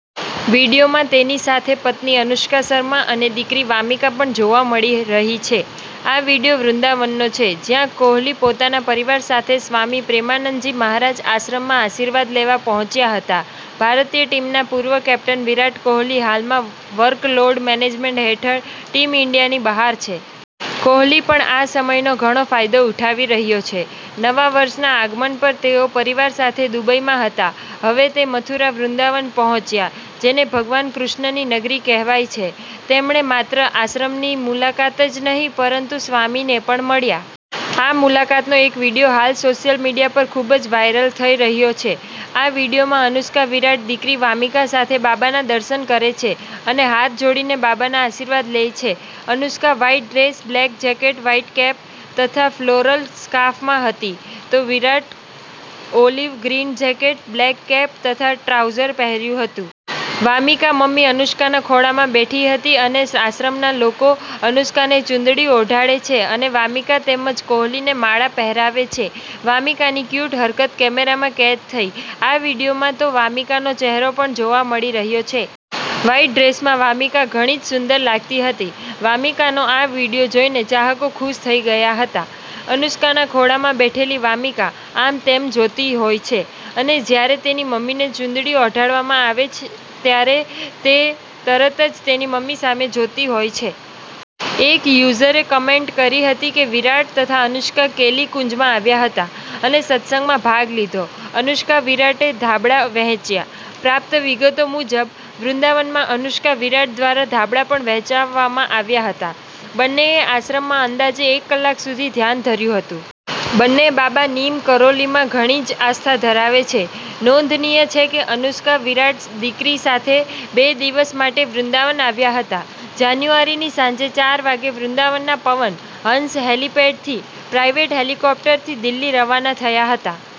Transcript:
વીડિયોમાં તેની સાથે પત્ની અનુષ્કા શર્મા અને દીકરી વામિકા પણ જોવા મળી રહી છે. આ વીડિયો વૃંદાવન નો છે, જ્યાં કોહલી પોતાના પરિવાર સાથે સ્વામી પ્રેમાનંદજી મહારાજ આશ્રમમાં આશીર્વાદ લેવા પહોંચ્યા હતા. ભારતીય ટીમના પૂર્વ કેપ્ટન વિરાટ કોહલી હાલમાં વર્કલોડ મેનેજમેન્ટ હેઠળ ટીમ ઈન્ડિયાની બહાર છે. કોહલી પણ આ સમયનો ઘણો ફાયદો ઉઠાવી રહ્યો છે. નવા વર્ષના આગમન પર તેઓ પરિવાર સાથે દુબઈમાં હતા. હવે તે મથુરા-વૃંદાવન પહોંચ્યા, જેને ભગવાન કૃષ્ણની નગરી કહેવાય છે. તેમણે માત્ર આશ્રમની મુલાકાત જ નહિ, પરંતુ સ્વામીજીને પણ મળ્યા. આ મુલાકાતનો એક વીડિયો હાલ સોશિયલ મીડિયા પર ખુબ જ વાઇરલ થઈ રહ્યો છે. આ વીડિયોમાં અનુષ્કા-વિરાટ દીકરી વામિકા સાથે બાબાના દર્શન કરે છે અને હાથ જોડીને બાબાના આશીર્વાદ લે છે. Anushka white dress, black jacket, white cap તથા ફ્લોરલ સ્કાર્ફમાં હતી તો Virat olive green jacket, black cap તથા ટ્રાઉઝર પહેર્યું હતું. વામિકા મમ્મી અનુષ્કાના ખોળામાં બેઠી હતી અને આશ્રમના લોકો અનુષ્કાને ચુંદડી ઓઢાડે છે અને વામિકા તેમજ કોહલીને માળા પહેરાવે છે. વામિકાની ક્યૂટ હરકત કેમેરામાં કેદ થઈ: આ વિડીયોમાં તો વામીકાનો ચેહરો પણ જોવા મળી રહ્યો છે. વ્હાઇટ ડ્રેસમાં વામિકા ઘણી જ સુંદર લાગતી હતી. વામિકાનો આ વીડિયો જોઈને ચાહકો ખુશ થઈ ગયા હતા. અનુષ્કાના ખોળામાં બેઠેલી વામિકા આમતેમ જોતી હોય છે અને જ્યારે તેની મમ્મીને ચુંદડી ઓઢાડવામાં આવે ત્યારે તે તરત જ તેની મમ્મી સામે જોતી હોય છે. એક યુઝરે કમેન્ટ કરી હતી કે વિરાટ તથા અનુષ્કા કેલી કુંજમાં આવ્યા હતા અને સત્સંગમાં ભાગ લીધો. અનુષ્કા-વિરાટે ધાબળા વહેંચ્યા: પ્રાપ્ત વિગતો મુજબ, વૃંદાવનમાં અનુષ્કા-વિરાટ દ્વારા ધાબળા પણ વહેચવામાં આવ્યા હતા. બંનેએ આશ્રમમાં અંદાજે એક કલાક સુધી ધ્યાન ધર્યું હતું. બંને બાબા નીમ કરોલીમાં ઘણી જ આસ્થા ધરાવે છે. નોંધનીય છે કે અનુષ્કા-વિરાટ દીકરી સાથે બે દિવસ માટે વૃંદાવન આવ્યા હતા. જાન્યુઆરીની સાંજે ચાર વાગે વૃંદાવનના પવન હંસ હેલિપેડથી પ્રાઇવેટ હેલિકોપ્ટરથી દિલ્હી રવાના થયા હતા.